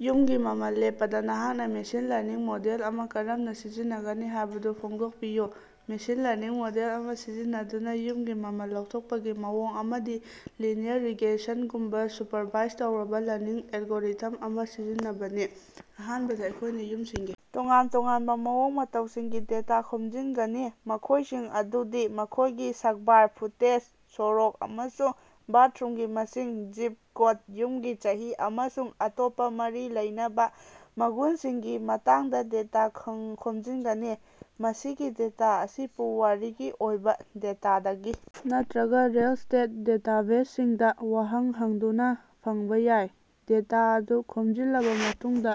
ꯌꯨꯝꯒꯤ ꯃꯃꯜ ꯂꯦꯞꯄꯗ ꯅꯍꯥꯛꯅ ꯃꯦꯁꯤꯟ ꯂꯔꯅꯤꯡ ꯃꯣꯗꯦꯜ ꯑꯃ ꯀꯔꯝꯅ ꯁꯤꯖꯤꯟꯅꯒꯅꯤ ꯍꯥꯏꯕꯗꯨ ꯐꯣꯡꯗꯣꯛꯄꯤꯌꯨ꯫ ꯃꯦꯁꯤꯟ ꯂꯔꯅꯤꯡ ꯃꯣꯗꯦꯜ ꯑꯃ ꯁꯤꯖꯤꯟꯅꯗꯨꯅ ꯌꯨꯝꯒꯤ ꯃꯃꯜ ꯂꯥꯎꯊꯣꯛꯄꯒꯤ ꯃꯑꯣꯡ ꯑꯃꯗꯤ ꯂꯤꯅꯤꯌꯔ ꯔꯤꯒ꯭ꯔꯦꯁꯟꯒꯨꯝꯕ ꯁꯨꯄꯔꯚꯥꯏꯖ ꯇꯧꯔꯕ ꯂꯔꯅꯤꯡ ꯑꯦꯜꯒꯣꯔꯤꯊꯝ ꯑꯃ ꯁꯤꯖꯤꯟꯅꯕꯅꯤ꯫ ꯑꯍꯥꯟꯕꯗ ꯑꯩꯈꯣꯏꯅ ꯌꯨꯝꯁꯤꯡꯒꯤ ꯇꯣꯉꯥꯟ ꯇꯣꯉꯥꯟꯕ ꯃꯑꯣꯡ ꯃꯇꯧꯁꯤꯡꯒꯤ ꯗꯦꯇꯥ ꯈꯣꯝꯖꯤꯟꯒꯅꯤ, ꯃꯈꯣꯏꯁꯤꯡ ꯑꯗꯨꯗꯤ ꯃꯈꯣꯏꯒꯤ ꯁꯛꯕꯥꯔ ꯐꯨꯇꯦꯖ, ꯁꯣꯔꯣꯛ ꯑꯃꯁꯨꯡ ꯕꯥꯊꯔꯨꯝꯒꯤ ꯃꯁꯤꯡ, ꯖꯤꯞ ꯀꯣꯗ, ꯌꯨꯝꯒꯤ ꯆꯍꯤ, ꯑꯃꯁꯨꯡ ꯑꯇꯣꯞꯄ ꯃꯔꯤ ꯂꯩꯅꯕ ꯃꯒꯨꯟꯁꯤꯡꯒꯤ ꯃꯇꯥꯡꯗ ꯗꯦꯇꯥ ꯈꯣꯡ ꯈꯣꯝꯖꯤꯟꯒꯅꯤ꯫ ꯃꯁꯤꯒꯤ ꯗꯦꯇꯥ ꯑꯁꯤ ꯄꯨꯋꯥꯔꯤꯒꯤ ꯑꯣꯏꯕ ꯗꯦꯇꯥꯗꯒꯤ ꯅꯠꯇ꯭ꯔꯒ ꯔꯤꯑꯦꯜ ꯏꯁ꯭ꯇꯦꯠ ꯗꯦꯇꯥꯕꯦꯖꯁꯤꯡꯗ ꯋꯥꯍꯪ ꯍꯪꯗꯨꯅ ꯐꯪꯕ ꯌꯥꯏ꯫ ꯗꯦꯇꯥ ꯑꯗꯨ ꯈꯣꯝꯖꯤꯜꯂꯕ ꯃꯇꯨꯡꯗ,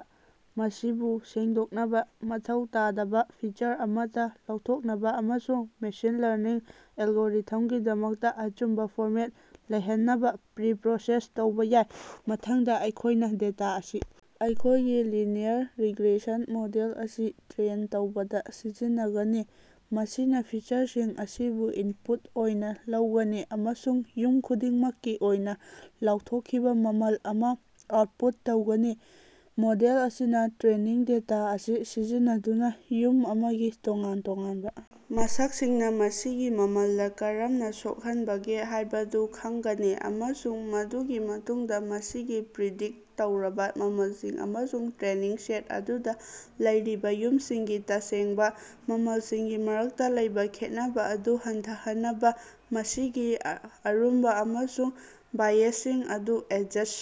ꯃꯁꯤꯕꯨ ꯁꯦꯡꯗꯣꯛꯅꯕ, ꯃꯊꯧ ꯇꯥꯗꯕ ꯐꯤꯆꯔ ꯑꯃꯠꯇ ꯂꯧꯊꯣꯛꯅꯕ ꯑꯃꯁꯨꯡ ꯃꯦꯁꯤꯟ ꯂꯔꯅꯤꯡ ꯑꯦꯜꯒꯣꯔꯤꯊꯝꯒꯤꯗꯃꯛꯇ ꯑꯆꯨꯝꯕ ꯐꯣꯔꯃꯦꯠ ꯂꯩꯍꯟꯅꯕ ꯄ꯭ꯔꯤ-ꯄ꯭ꯔꯣꯁꯦꯁ ꯇꯧꯕ ꯌꯥꯏ꯫ ꯃꯊꯪꯗ, ꯑꯩꯈꯣꯏꯅ ꯗꯦꯇꯥ ꯑꯁꯤ ꯑꯩꯈꯣꯏꯒꯤ ꯂꯤꯅꯤꯌꯔ ꯔꯤꯒ꯭ꯔꯦꯁꯟ ꯃꯣꯗꯦꯜ ꯑꯁꯤ ꯇ꯭ꯔꯦꯟ ꯇꯧꯕꯗ ꯁꯤꯖꯤꯟꯅꯒꯅꯤ, ꯃꯁꯤꯅ ꯐꯤꯆꯔꯁꯤꯡ ꯑꯁꯤꯕꯨ ꯏꯟꯄꯨꯠ ꯑꯣꯏꯅ ꯂꯧꯒꯅꯤ ꯑꯃꯁꯨꯡ ꯌꯨꯝ ꯈꯨꯗꯤꯡꯃꯛꯀꯤ ꯑꯣꯏꯅ ꯂꯥꯎꯊꯣꯛꯈꯤꯕ ꯃꯃꯜ ꯑꯃ ꯑꯥꯎꯠꯄꯨꯠ ꯇꯧꯒꯅꯤ꯫ ꯃꯣꯗꯦꯜ ꯑꯁꯤꯅ ꯇ꯭ꯔꯦꯅꯤꯡ ꯗꯦꯇꯥ ꯑꯁꯤ ꯁꯤꯖꯤꯟꯅꯗꯨꯅ ꯌꯨꯝ ꯑꯃꯒꯤ ꯇꯣꯉꯥꯟ ꯇꯣꯉꯥꯟꯕ ꯃꯁꯛꯁꯤꯡꯅ ꯃꯁꯤꯒꯤ ꯃꯃꯜꯂ ꯀꯔꯝꯅ ꯁꯣꯛꯍꯟꯕꯒꯦ ꯍꯥꯏꯕꯗꯨ ꯈꯪꯒꯅꯤ, ꯑꯃꯁꯨꯡ ꯃꯗꯨꯒꯤ ꯃꯇꯨꯡꯗ ꯃꯁꯤꯒꯤ ꯄ꯭ꯔꯤꯗꯤꯛ ꯇꯧꯔꯕ ꯃꯃꯜꯁꯤꯡ ꯑꯃꯁꯨꯡ ꯇ꯭ꯔꯦꯅꯤꯡ ꯁꯦꯠ ꯑꯗꯨꯗ ꯂꯩꯔꯤꯕ ꯌꯨꯝꯁꯤꯡꯒꯤ ꯇꯁꯦꯡꯕ ꯃꯃꯜꯁꯤꯡꯒꯤ ꯃꯔꯛꯇ ꯂꯩꯕ ꯈꯦꯠꯅꯕ ꯑꯗꯨ ꯍꯟꯊꯍꯟꯅꯕ ꯃꯁꯤꯒꯤ ꯑ ꯑꯔꯨꯝꯕ ꯑꯃꯁꯨꯡ ꯕꯥꯏꯑꯦꯖꯁꯤꯡ ꯑꯗꯨ ꯑꯦꯗꯖꯁ꯭ꯠ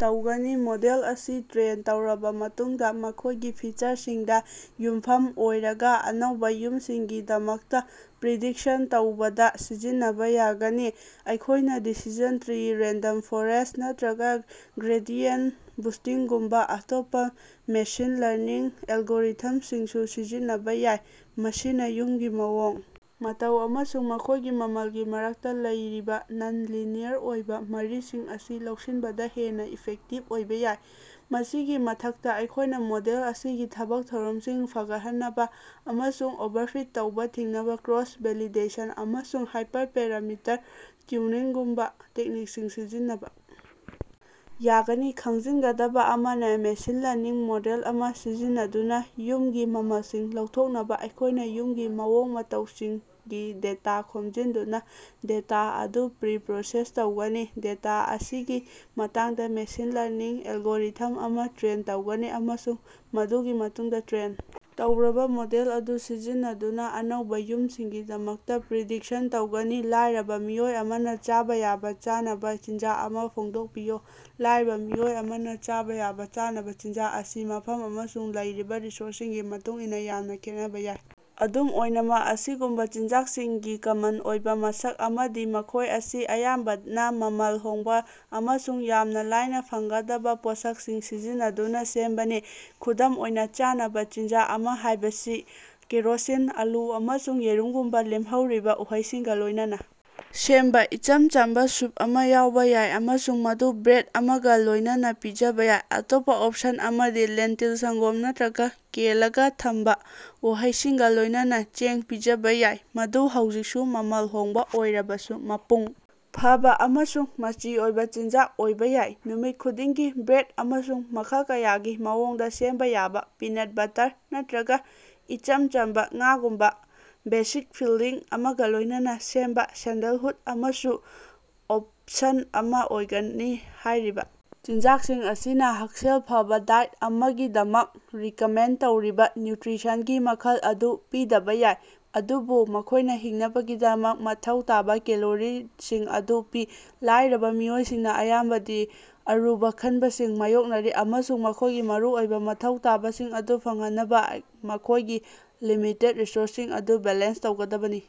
ꯇꯧꯒꯅꯤ꯫ ꯃꯣꯗꯦꯜ ꯑꯁꯤ ꯇ꯭ꯔꯦꯟ ꯇꯧꯔꯕ ꯃꯇꯨꯡꯗ, ꯃꯈꯣꯏꯒꯤ ꯐꯤꯆꯔꯁꯤꯡꯗ ꯌꯨꯝꯐꯝ ꯑꯣꯏꯔꯒ, ꯑꯅꯧꯕ ꯌꯨꯝꯁꯤꯡꯒꯤꯗꯃꯛꯇ ꯄ꯭ꯔꯤꯗꯤꯛꯁꯟ ꯇꯧꯕꯗ ꯁꯤꯖꯤꯟꯅꯕ ꯌꯥꯒꯅꯤ꯫ ꯑꯩꯈꯣꯏꯅ ꯗꯤꯁꯤꯖꯟ ꯇ꯭ꯔꯤ, ꯔꯦꯟꯗꯝ ꯐꯣꯔꯦꯁꯠ, ꯅꯠꯇ꯭ꯔꯒ ꯒ꯭ꯔꯦꯗꯤꯌꯦꯟꯇ ꯕꯨꯁꯇꯤꯡꯒꯨꯝꯕ ꯑꯇꯣꯞꯄ ꯃꯦꯁꯤꯟ ꯂꯔꯅꯤꯡ ꯑꯦꯜꯒꯣꯔꯤꯊꯝꯁꯤꯡꯁꯨ ꯁꯤꯖꯤꯟꯅꯕ ꯌꯥꯏ, ꯃꯁꯤꯅ ꯌꯨꯝꯒꯤ ꯃꯑꯣꯡ ꯃꯇꯧ ꯑꯃꯁꯨꯡ ꯃꯈꯣꯏꯒꯤ ꯃꯃꯜꯒꯤ ꯃꯔꯛꯇ ꯂꯩꯔꯤꯕ ꯅꯟ-ꯂꯤꯅꯤꯌꯔ ꯑꯣꯏꯕ ꯃꯔꯤꯁꯤꯡ ꯑꯁꯤ ꯂꯧꯁꯤꯟꯕꯗ ꯍꯦꯟꯅ ꯏꯐꯦꯛꯇꯤꯚ ꯑꯣꯏꯕ ꯌꯥꯏ꯫ ꯃꯁꯤꯒꯤ ꯃꯊꯛꯇ, ꯑꯩꯈꯣꯏꯅ ꯃꯣꯗꯦꯜ ꯑꯁꯤꯒꯤ ꯊꯕꯛ ꯊꯧꯔꯝꯁꯤꯡ ꯐꯒꯠꯍꯟꯅꯕ ꯑꯃꯁꯨꯡ ꯑꯣꯚꯔꯐꯤꯠ ꯇꯧꯕ ꯊꯤꯡꯅꯕ ꯀ꯭ꯔꯣꯁ-ꯚꯦꯂꯤꯗꯦꯁꯟ ꯑꯃꯁꯨꯡ ꯍꯥꯏꯄꯔꯄꯦꯔꯥꯃꯤꯇꯔ ꯇ꯭ꯌꯨꯅꯤꯡꯒꯨꯝꯕ ꯇꯦꯛꯅꯤꯛꯁꯤꯡ ꯁꯤꯖꯤꯟꯅꯕ ꯌꯥꯒꯅꯤ꯫ ꯈꯪꯖꯤꯟꯒꯗꯕ ꯑꯃꯅ, ꯃꯦꯁꯤꯟ ꯂꯔꯅꯤꯡ ꯃꯣꯗꯦꯜ ꯑꯃ ꯁꯤꯖꯤꯟꯅꯗꯨꯅꯥꯌꯨꯝꯒꯤ ꯃꯃꯜꯁꯤꯡ ꯂꯧꯊꯣꯛꯅꯕ ꯑꯩꯈꯣꯏꯅ ꯌꯨꯝꯒꯤ ꯃꯑꯣꯡ ꯃꯇꯧꯁꯤꯡꯒꯤ ꯗꯦꯇꯥ ꯈꯣꯝꯖꯤꯟꯗꯨꯅ ꯗꯦꯇꯥ ꯑꯗꯨ ꯄ꯭ꯔꯤ-ꯄ꯭ꯔꯣꯁꯦꯁ ꯇꯧꯒꯅꯤ, ꯗꯦꯇꯥ ꯑꯁꯤꯒꯤ ꯃꯇꯥꯡꯗ ꯃꯦꯁꯤꯟ ꯂꯔꯅꯤꯡ ꯑꯦꯜꯒꯣꯔꯤꯊꯝ ꯑꯃ ꯇ꯭ꯔꯦꯟ ꯇꯧꯒꯅꯤ, ꯑꯃꯁꯨꯡ ꯃꯗꯨꯒꯤ ꯃꯇꯨꯡꯗ ꯇ꯭ꯔꯦꯟ ꯇꯧꯔꯕ ꯃꯣꯗꯦꯜ ꯑꯗꯨ ꯁꯤꯖꯤꯟꯅꯗꯨꯅ ꯑꯅꯧꯕ ꯌꯨꯝꯁꯤꯡꯒꯤꯗꯃꯛꯇ ꯄ꯭ꯔꯤꯗꯤꯛꯁꯟ ꯇꯧꯒꯅꯤ꯫ ꯂꯥꯏꯔꯕ ꯃꯤꯑꯣꯏ ꯑꯃꯅ ꯆꯥꯕ ꯌꯥꯕ ꯆꯥꯅꯕ ꯆꯤꯟꯖꯥꯛ ꯑꯃ ꯐꯣꯡꯗꯣꯛꯄꯤꯌꯨ꯫ ꯂꯥꯏꯔꯕ ꯃꯤꯑꯣꯏ ꯑꯃꯅ ꯆꯥꯕ ꯌꯥꯕ ꯆꯥꯅꯕ ꯆꯤꯟꯖꯥꯛ ꯑꯁꯤ ꯃꯐꯝ ꯑꯃꯁꯨꯡ ꯂꯩꯔꯤꯕ ꯔꯤꯁꯣꯔꯁꯁꯤꯡꯒꯤ ꯃꯇꯨꯡꯏꯟꯅ ꯌꯥꯝꯅꯥ ꯈꯦꯠꯅꯕ ꯌꯥꯏ꯫ ꯑꯗꯨꯝ ꯑꯣꯏꯅꯃꯛ, ꯑꯁꯤꯒꯨꯝꯕ ꯆꯤꯟꯖꯥꯛꯁꯤꯡꯒꯤ ꯀꯃꯟ ꯑꯣꯏꯕ ꯃꯁꯛ ꯑꯃꯗꯤ ꯃꯈꯣꯏ ꯑꯁꯤ ꯑꯌꯥꯝꯕꯅ ꯃꯃꯜ ꯍꯣꯡꯕ ꯑꯃꯁꯨꯡ ꯌꯥꯝꯅ ꯂꯥꯏꯅ ꯐꯪꯒꯗꯕ ꯄꯣꯠꯁꯛꯁꯤꯡ ꯁꯤꯖꯤꯟꯅꯗꯨꯅ ꯁꯦꯝꯕꯅꯤ꯫ ꯈꯨꯗꯝ ꯑꯣꯏꯅ, ꯆꯥꯅꯕ ꯆꯤꯟꯖꯥꯛ ꯑꯃ ꯍꯥꯏꯕꯁꯤ ꯀꯦꯔꯣꯁꯤꯟ, ꯑꯂꯨ, ꯑꯃꯁꯨꯡ ꯌꯦꯔꯨꯝꯒꯨꯝꯕ ꯂꯦꯝꯍꯧꯔꯤꯕ ꯎꯍꯩꯁꯤꯡꯒ ꯂꯣꯏꯅꯅ ꯁꯦꯝꯕ ꯏꯆꯝ ꯆꯝꯕ ꯁ꯭ꯌꯨꯞ ꯑꯃ ꯌꯥꯎꯕ ꯌꯥꯏ, ꯑꯃꯁꯨꯡ ꯃꯗꯨ ꯕ꯭ꯔꯦꯗ ꯑꯃꯒ ꯂꯣꯏꯅꯅ ꯄꯤꯖꯕ ꯌꯥꯏ꯫ ꯑꯇꯣꯞꯄ ꯑꯣꯞꯁꯟ ꯑꯃꯗꯤ ꯂꯦꯟꯇꯤꯜ, ꯁꯪꯒꯣꯝ ꯅꯠꯇ꯭ꯔꯒ ꯀꯦꯜꯂꯒ ꯊꯝꯕ ꯎꯍꯩꯁꯤꯡꯒ ꯂꯣꯏꯅꯅ ꯆꯦꯡ ꯄꯤꯖꯕ ꯌꯥꯏ, ꯃꯗꯨ ꯍꯧꯖꯤꯛꯁꯨ ꯃꯃꯜ ꯍꯣꯡꯕ ꯑꯣꯏꯔꯕꯁꯨ ꯃꯄꯨꯡ ꯐꯥꯕ ꯑꯃꯁꯨꯡ ꯃꯆꯤ ꯑꯣꯏꯕ ꯆꯤꯟꯖꯥꯛ ꯑꯣꯏꯕ ꯌꯥꯏ꯫ ꯅꯨꯃꯤꯠ ꯈꯨꯗꯤꯡꯒꯤ ꯕ꯭ꯔꯦꯗ ꯑꯃꯁꯨꯡ ꯃꯈꯜ ꯀꯌꯥꯒꯤ ꯃꯑꯣꯡꯗ ꯁꯦꯝꯕ ꯌꯥꯕ ꯄꯤꯅꯠ ꯕꯠꯇꯔ ꯅꯠꯇ꯭ꯔꯒ ꯏꯆꯝ ꯆꯝꯕ ꯉꯥꯒꯨꯝꯕ ꯕꯦꯁꯤꯛ ꯐꯤꯜꯂꯤꯡ ꯑꯃꯒ ꯂꯣꯏꯅꯅ ꯁꯦꯝꯕ ꯁꯦꯟꯗꯜꯍꯨꯗ ꯑꯃꯁꯨ ꯑꯣꯞꯁꯟ ꯑꯃ ꯑꯣꯏꯒꯅꯤ꯫ ꯍꯥꯏꯔꯤꯕ ꯆꯤꯟꯖꯥꯛꯁꯤꯡ ꯑꯁꯤꯅ ꯍꯛꯁꯦꯜ ꯐꯕ ꯗꯥꯏꯠ ꯑꯃꯒꯤꯗꯃꯛ ꯔꯤꯀꯃꯦꯟꯗ ꯇꯧꯔꯤꯕ ꯅ꯭ꯌꯨꯇ꯭ꯔꯤꯁꯟꯒꯤ ꯃꯈꯜ ꯑꯗꯨ ꯄꯤꯗꯕ ꯌꯥꯏ, ꯑꯗꯨꯕꯨ ꯃꯈꯣꯏꯅ ꯍꯤꯡꯅꯕꯒꯤꯗꯃꯛ ꯃꯊꯧ ꯇꯥꯕ ꯀꯦꯂꯣꯔꯤꯁꯤꯡ ꯑꯗꯨ ꯄꯤ꯫ ꯂꯥꯏꯔꯕ ꯃꯤꯑꯣꯏꯁꯤꯡꯅ ꯑꯌꯥꯝꯕꯗꯤ ꯑꯔꯨꯕ ꯈꯟꯕꯁꯤꯡ ꯃꯥꯌꯣꯛꯅꯔꯤ ꯑꯃꯁꯨꯡ ꯃꯈꯣꯏꯒꯤ ꯃꯔꯨꯑꯣꯏꯕ ꯃꯊꯧ ꯇꯥꯕꯁꯤꯡ ꯑꯗꯨ ꯐꯪꯍꯟꯅꯕ ꯑꯥꯏꯛ ꯃꯈꯣꯏꯒꯤ ꯂꯤꯃꯤꯇꯦꯗ ꯔꯤꯁꯣꯔꯁꯁꯤꯡ ꯑꯗꯨ ꯕꯦꯂꯦꯟꯁ ꯇꯧꯒꯗꯕꯅꯤ꯫